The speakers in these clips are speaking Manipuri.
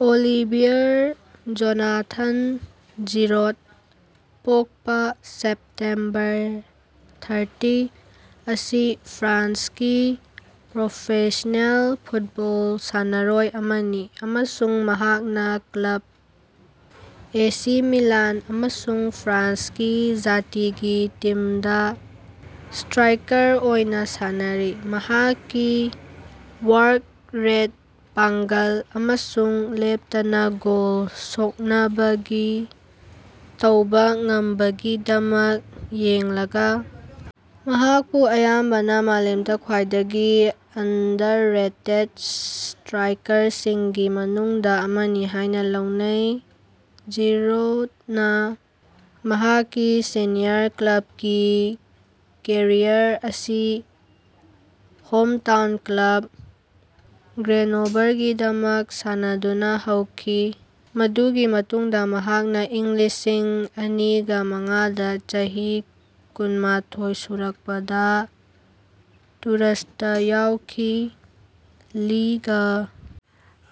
ꯑꯣꯂꯤꯚꯤꯌꯔ ꯖꯣꯅꯥꯊꯟ ꯖꯤꯔꯣꯗ (ꯄꯣꯛꯄꯥ ꯁꯦꯞꯇꯦꯝꯕꯔ ꯊꯥꯔꯇꯤ) ꯑꯁꯤ ꯐ꯭ꯔꯥꯟꯁꯀꯤ ꯄ꯭ꯔꯣꯐꯦꯁ꯭ꯅꯦꯜ ꯐꯨꯠꯕꯣꯜ ꯁꯥꯟꯅꯔꯣꯏ ꯑꯃꯅꯤ ꯑꯃꯁꯨꯡ ꯃꯍꯥꯛꯅꯥ ꯀ꯭ꯂꯕ ꯑꯦꯁꯤ ꯃꯤꯂꯥꯟ ꯑꯃꯁꯨꯡ ꯐ꯭ꯔꯥꯟꯁꯀꯤ ꯖꯥꯇꯤꯒꯤ ꯇꯤꯝꯗꯥ ꯁꯇ꯭ꯔꯥꯏꯀꯔ ꯑꯣꯏꯅꯥ ꯁꯥꯟꯅꯔꯤ꯫ ꯃꯍꯥꯛꯀꯤ ꯋ꯭ꯔꯥꯥꯛ-ꯔꯦꯠ, ꯄꯥꯡꯒꯜ, ꯑꯃꯁꯨꯡ ꯂꯦꯞꯇꯅꯥ ꯒꯣꯜ ꯁꯣꯛꯅꯕꯒꯤ ꯇꯧꯕꯥ ꯉꯝꯕꯒꯤꯗꯃꯛ ꯌꯦꯡꯂꯒꯥ, ꯃꯍꯥꯛꯄꯨ ꯑꯌꯥꯝꯕꯅꯥ ꯃꯥꯂꯦꯝꯗꯥ ꯈ꯭ꯋꯥꯏꯗꯒꯤ ꯑꯟꯗꯔꯔꯦꯇꯦꯗ ꯁꯇ꯭ꯔꯥꯏꯀꯔꯁꯤꯡꯒꯤ ꯃꯅꯨꯡꯗꯥ ꯑꯃꯅꯤ ꯍꯥꯏꯅꯥ ꯂꯧꯅꯩ꯫ ꯖꯤꯔꯣꯗꯅꯥ ꯃꯍꯥꯛꯀꯤ ꯁꯦꯅꯤꯌꯔ ꯀ꯭ꯂꯕꯀꯤ ꯀꯦꯔꯤꯌꯔ ꯑꯁꯤ ꯍꯣꯝꯇꯥꯎꯟ ꯀ꯭ꯂꯕ ꯒ꯭ꯔꯦꯅꯣꯕꯜꯒꯤꯗꯃꯛ ꯁꯥꯟꯅꯗꯨꯅꯥ ꯍꯧꯈꯤ, ꯃꯗꯨꯒꯤ ꯃꯇꯨꯡꯗꯥ ꯃꯍꯥꯛꯅꯥ ꯢꯪ ꯂꯤꯁꯤꯡꯑꯅꯤꯒ ꯃꯉꯥꯗꯥ ꯆꯍꯤ ꯀꯨꯟꯃꯊꯣꯢ ꯁꯨꯔꯛꯄꯗꯥ ꯇꯨꯔꯁꯇꯥ ꯌꯥꯎꯈꯤ꯫ ꯂꯤꯒ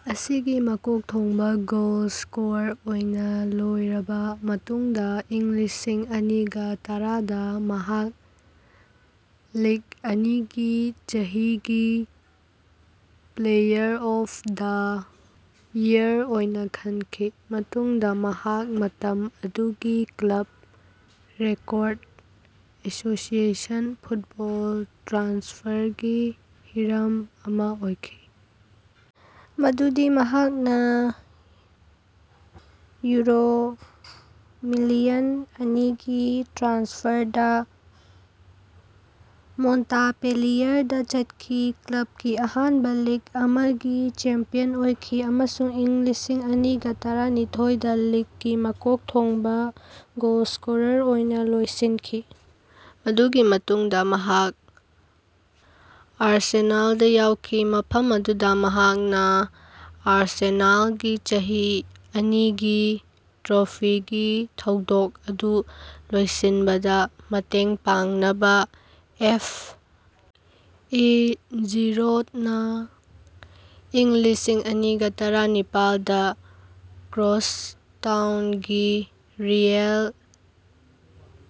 ꯑꯁꯤꯒꯤ ꯃꯀꯣꯛ ꯊꯣꯡꯕꯥ ꯒꯣꯜ ꯁ꯭ꯀꯣꯂꯔ ꯑꯣꯏꯅꯥ ꯂꯣꯏꯔꯕꯥ ꯃꯇꯨꯡꯗꯥ ꯢꯪ ꯂꯤꯁꯤꯡꯑꯅꯤꯒ ꯇꯔꯥꯗꯥ ꯃꯍꯥꯛ ꯂꯤꯒ ꯑꯅꯤꯒꯤ ꯆꯍꯤꯒꯤ ꯄ꯭ꯂꯦꯌꯔ ꯑꯣꯐ ꯗ ꯢꯌꯔ ꯑꯣꯏꯅꯥ ꯈꯟꯈꯤ꯫ ꯃꯇꯨꯡꯗꯥ ꯃꯍꯥꯛ ꯃꯇꯝ ꯑꯗꯨꯒꯤ ꯀ꯭ꯂꯕ ꯔꯦꯀꯣꯔꯗ ꯑꯦꯁꯣꯁꯤꯑꯦꯁꯟ ꯐꯨꯠꯕꯣꯜ ꯇ꯭ꯔꯥꯟꯁꯐꯔꯒꯤ ꯍꯤꯔꯝ ꯑꯃꯥ ꯑꯣꯏꯈꯤ ꯃꯗꯨꯗꯤ ꯃꯍꯥꯛꯅꯥ ꯌꯨꯔꯣ ꯃꯤꯂꯤꯌꯟ ꯑꯅꯤꯒꯤ ꯇ꯭ꯔꯥꯟꯁꯐꯔꯗꯥ ꯃꯣꯟꯇꯥꯄꯦꯂꯤꯌꯔꯗꯥ ꯆꯠꯈꯤ, ꯀ꯭ꯂꯕꯀꯤ ꯑꯍꯥꯟꯕꯥ ꯂꯤꯒ ꯑꯃꯒꯤ ꯆꯦꯝꯄꯤꯌꯟ ꯑꯣꯏꯈꯤ ꯑꯃꯁꯨꯡ ꯢꯪ ꯂꯤꯁꯤꯡꯑꯅꯤꯒ ꯇꯔꯥꯅꯤꯊꯣꯢꯗꯥ ꯂꯤꯒꯀꯤ ꯃꯀꯣꯛ ꯊꯣꯡꯕꯥ ꯒꯣꯜꯁ꯭ꯀꯣꯂꯔ ꯑꯣꯏꯅꯥ ꯂꯣꯏꯁꯤꯟꯈꯤ꯫ ꯃꯗꯨꯒꯤ ꯃꯇꯨꯡꯗꯥ ꯃꯍꯥꯛ ꯑꯥꯔꯁꯦꯅꯥꯜꯗꯥ ꯌꯥꯎꯈꯤ, ꯃꯐꯝ ꯑꯗꯨꯗꯥ ꯃꯍꯥꯛꯅꯥ ꯑꯥꯔꯁꯦꯅꯥꯜꯒꯤ ꯆꯍꯤ ꯑꯅꯤꯒꯤ ꯇ꯭ꯔꯣꯐꯤꯒꯤ ꯊꯧꯗꯣꯛ ꯑꯗꯨ ꯂꯣꯏꯁꯤꯟꯕꯗꯥ ꯃꯇꯦꯡ ꯄꯥꯡꯅꯕꯥ ꯑꯦꯐ. ꯑꯦ. ꯖꯤꯔꯣꯗꯅꯥ ꯢꯪ ꯂꯤꯁꯤꯡꯑꯅꯤꯒ ꯇꯔꯥꯅꯤꯄꯥꯜ ꯗꯥ ꯀ꯭ꯔꯣꯁꯇꯥꯎꯅꯒꯤ ꯔꯤꯑꯦꯜ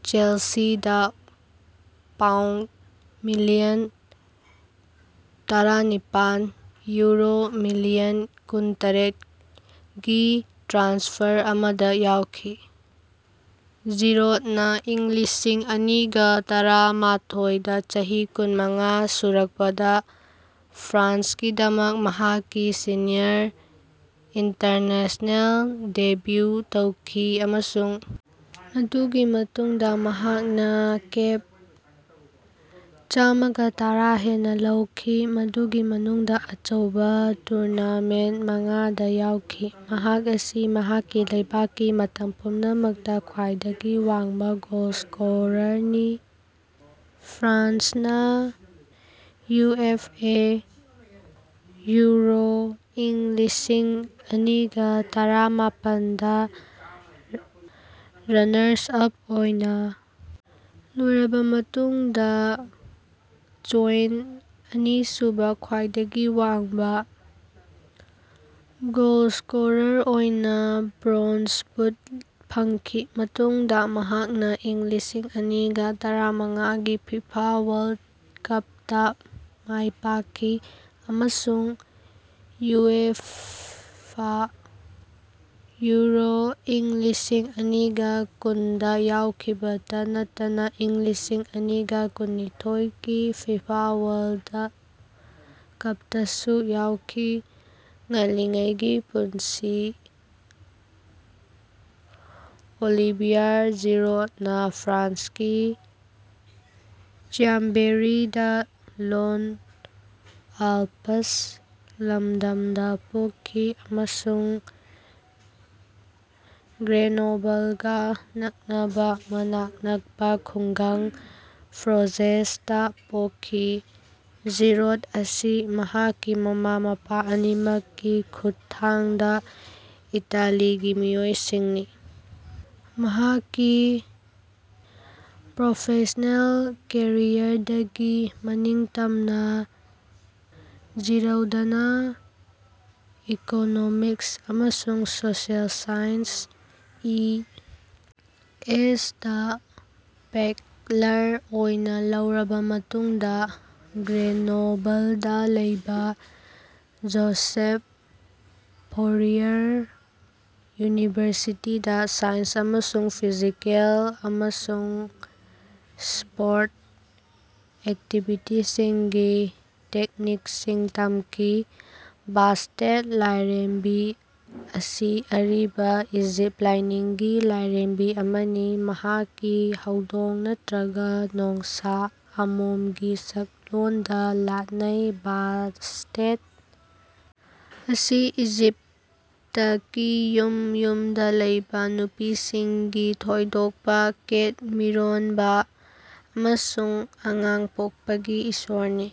ꯆꯦꯜꯁꯤꯗꯥ ꯄꯥꯎꯟꯗ ꯃꯤꯂꯤꯌꯟ ꯇꯔꯥꯅꯤꯄꯥꯟ (ꯌꯨꯔꯣ ꯃꯤꯂꯤꯌꯟ ꯀꯨꯟ. ꯇꯔꯦꯠ)ꯒꯤ ꯇ꯭ꯔꯥꯟꯁꯐꯔ ꯑꯃꯗꯥ ꯌꯥꯎꯈꯤ꯫ ꯖꯤꯔꯣꯗꯅꯥ ꯢꯪ ꯂꯤꯁꯤꯡꯑꯅꯤꯒ ꯇꯔꯥꯃꯊꯣꯢ ꯗꯥ ꯆꯍꯤ ꯀꯨꯟꯃꯉꯥ ꯁꯨꯔꯛꯄꯗꯥ ꯐ꯭ꯔꯥꯟꯁꯀꯤꯗꯃꯛ ꯃꯍꯥꯛꯀꯤ ꯁꯦꯅꯤꯌꯔ ꯏꯟꯇꯔꯅꯦꯁ꯭ꯅꯦꯜ ꯗꯦꯕ꯭ꯌꯨ ꯇꯧꯈꯤ, ꯑꯃꯁꯨꯡ ꯃꯗꯨꯒꯤ ꯃꯇꯨꯡꯗꯥ ꯃꯍꯥꯛꯅꯥ ꯀꯦꯞ ꯆꯥꯃꯒꯇꯔꯥ ꯍꯦꯟꯅꯥ ꯂꯧꯈꯤ, ꯃꯗꯨꯒꯤ ꯃꯅꯨꯡꯗꯥ ꯑꯆꯧꯕꯥ ꯇꯨꯔꯅꯥꯃꯦꯟꯇ ꯃꯉꯥꯗꯥ ꯌꯥꯎꯈꯤ꯫ ꯃꯍꯥꯛ ꯑꯁꯤ ꯃꯍꯥꯛꯀꯤ ꯂꯩꯕꯥꯛꯀꯤ ꯃꯇꯝ ꯄꯨꯝꯅꯃꯛꯇꯥ ꯈ꯭ꯋꯥꯏꯗꯒꯤ ꯋꯥꯡꯕꯥ ꯒꯣꯜ ꯁ꯭ꯀꯣꯂꯔꯅꯤ, ꯐ꯭ꯔꯥꯟꯁꯅꯥ ꯌꯨꯑꯦꯐꯑꯦ ꯌꯨꯔꯣ ꯢꯪ ꯂꯤꯁꯤꯡꯑꯅꯤꯒ ꯇꯔꯥꯃꯄꯟ ꯗ ꯔꯅꯥꯔꯁ ꯑꯞ ꯑꯣꯏꯅꯥ ꯂꯣꯏꯔꯕꯥ ꯃꯇꯨꯡꯗꯥ ꯖꯣꯏꯟꯇ ꯑꯅꯤꯁꯨꯕꯥ ꯈ꯭ꯋꯥꯏꯗꯒꯤ ꯋꯥꯡꯕꯥ ꯒꯣꯜꯁ꯭ꯀꯣꯂꯔ ꯑꯣꯏꯅꯥ ꯕ꯭ꯔꯣꯟꯖ ꯕꯨꯠ ꯐꯪꯈꯤ꯫ ꯃꯇꯨꯡꯗꯥ ꯃꯍꯥꯛꯅꯥ ꯢꯪ ꯂꯤꯁꯤꯡꯑꯅꯤꯒ ꯇꯔꯥꯃꯉꯥꯒꯤ ꯐꯤꯐꯥ ꯋꯥꯔꯜꯗ ꯀꯞꯇꯥ ꯃꯥꯏꯄꯥꯛꯈꯤ, ꯑꯃꯁꯨꯡ ꯌꯨꯑꯦꯐꯥ ꯌꯨꯔꯣ ꯢꯪ ꯂꯤꯁꯤꯡꯑꯅꯤꯒ ꯀꯨꯟꯗꯥ ꯌꯥꯎꯈꯤꯕꯇꯥ ꯅꯠꯇꯅꯥ ꯢꯪ ꯂꯤꯁꯤꯡꯑꯅꯤꯒ ꯀꯨꯟꯅꯤꯊꯣꯢꯒꯤ ꯐꯤꯐꯥ ꯋꯥꯔꯜꯗ ꯀꯄꯇꯥꯁꯨ ꯌꯥꯎꯈꯤ꯫ ꯉꯜꯂꯤꯉꯩꯒꯤ ꯄꯨꯟꯁꯤ ꯑꯣꯂꯤꯚꯤꯌꯥꯔ ꯖꯤꯔꯣꯗꯅꯥ ꯐ꯭ꯔꯥꯟꯁꯀꯤ ꯆ꯭ꯌꯥꯝꯕꯦꯔꯤꯗꯥ ꯔꯣꯟ ꯑꯥꯜꯄꯁ ꯂꯝꯗꯝꯗꯥ ꯄꯣꯛꯈꯤ ꯑꯃꯁꯨꯡ ꯒ꯭ꯔꯦꯅꯣꯕꯜꯒꯥ ꯅꯛꯅꯕꯥ ꯃꯅꯥꯛ ꯅꯛꯄꯥ ꯈꯨꯡꯒꯪ ꯐ꯭ꯔꯣꯖꯦꯁꯇꯥ ꯄꯣꯛꯈꯤ꯫ ꯖꯤꯔꯣꯗ ꯑꯁꯤ ꯃꯍꯥꯛꯀꯤ ꯃꯃꯥ-ꯃꯄꯥ ꯑꯅꯤꯃꯛꯀꯤ ꯈꯨꯠꯊꯥꯡꯗꯥ ꯏꯇꯥꯂꯤꯒꯤ ꯃꯤꯑꯣꯏꯁꯤꯡꯅꯤ꯫ ꯃꯍꯥꯛꯀꯤ ꯄ꯭ꯔꯣꯐꯦꯁ꯭ꯅꯦꯜ ꯀꯦꯔꯤꯌꯔꯗꯒꯤ ꯃꯅꯤꯡꯇꯝꯅꯥ, ꯖꯤꯔꯧꯗꯅꯥ ꯏꯀꯣꯅꯣꯃꯤꯛꯁ ꯑꯃꯁꯨꯡ ꯁꯣꯁꯤꯑꯦꯜ ꯁꯥꯏꯟꯁ (ꯏ. ꯑꯦꯁ.)ꯗꯥ ꯕꯦꯛꯂꯔ ꯑꯣꯏꯅꯥ ꯂꯧꯔꯕꯥ ꯃꯇꯨꯡꯗꯥ, ꯒ꯭ꯔꯦꯅꯣꯕꯜꯗꯥ ꯂꯩꯕꯥ ꯖꯣꯁꯦꯐ ꯐꯣꯔꯤꯌꯔ ꯌꯨꯅꯤꯚꯔꯁꯤꯇꯤꯗꯥ ꯁꯥꯏꯟꯁ ꯑꯃꯁꯨꯡ ꯐꯤꯖꯤꯀꯦꯜ ꯑꯃꯁꯨꯡ ꯁ꯭ꯄꯣꯔꯇ ꯑꯦꯛꯇꯤꯕꯤꯇꯤꯁꯤꯡꯒꯤ ꯇꯦꯛꯅꯤꯛꯁꯤꯡ ꯇꯝꯈꯤ꯫ ꯕꯥꯁꯇꯦꯠ, ꯂꯥꯢꯔꯦꯝꯕꯤ ꯑꯁꯤ ꯑꯔꯤꯕ ꯏꯖꯤꯞ ꯂꯥꯢꯅꯤꯡꯒꯤ ꯂꯥꯢꯔꯦꯝꯕꯤ ꯑꯃꯅꯤ꯫ ꯃꯍꯥꯛꯁꯤ ꯍꯧꯗꯣꯡ ꯅꯠꯇ꯭ꯔꯒ ꯅꯣꯡꯁꯥ ꯑꯃꯣꯝꯒꯤ ꯁꯛꯂꯣꯟꯗ ꯂꯥꯠꯅꯩ꯫ ꯕꯥꯁꯇꯦꯠ ꯑꯁꯤ ꯏꯖꯤꯞꯇꯀꯤ ꯌꯨꯝ ꯌꯨꯝꯗꯥ ꯂꯩꯕꯥ, ꯅꯨꯄꯤꯁꯤꯡꯒꯤ ꯊꯣꯏꯗꯣꯛꯄꯥ, ꯀꯦꯠ ꯃꯤꯔꯣꯟꯕꯥ ꯑꯃꯁꯨꯡ ꯑꯉꯥꯡ ꯄꯣꯛꯄꯒꯤ ꯏꯁꯣꯔꯅꯤ꯫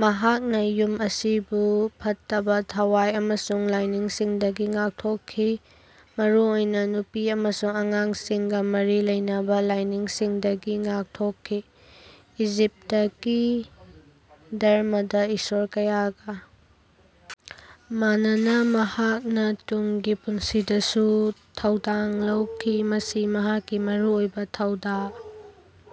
ꯃꯍꯥꯛꯅꯥ ꯌꯨꯝ ꯑꯁꯤꯕꯨ ꯐꯠꯇꯕꯥ ꯊꯋꯥꯢ ꯑꯃꯁꯨꯡ ꯂꯥꯢꯅꯥꯁꯤꯡꯗꯒꯤ ꯉꯥꯛꯊꯣꯛꯈꯤ, ꯃꯔꯨꯑꯣꯏꯅꯥ ꯅꯨꯄꯤ ꯑꯃꯁꯨꯡ ꯑꯉꯥꯡꯁꯤꯡꯒꯥ ꯃꯔꯤ ꯂꯩꯅꯕꯥ ꯂꯥꯢꯅꯥꯁꯤꯡꯗꯒꯤ ꯉꯥꯛꯊꯣꯛꯈꯤ꯫ ꯏꯖꯤꯞꯇꯀꯤ ꯙꯔꯝꯃꯗꯥ ꯏꯁꯣꯔ ꯀꯌꯥꯒꯥ ꯃꯥꯟꯅꯅꯥ, ꯃꯍꯥꯛꯅꯥ ꯇꯨꯡꯒꯤ ꯄꯨꯟꯁꯤꯗꯁꯨ ꯊꯧꯗꯥꯡ ꯂꯧꯈꯤ꯫ ꯃꯁꯤ ꯃꯍꯥꯛꯀꯤ ꯃꯔꯨꯑꯣꯏꯕꯥ ꯊꯧꯗꯥ꯫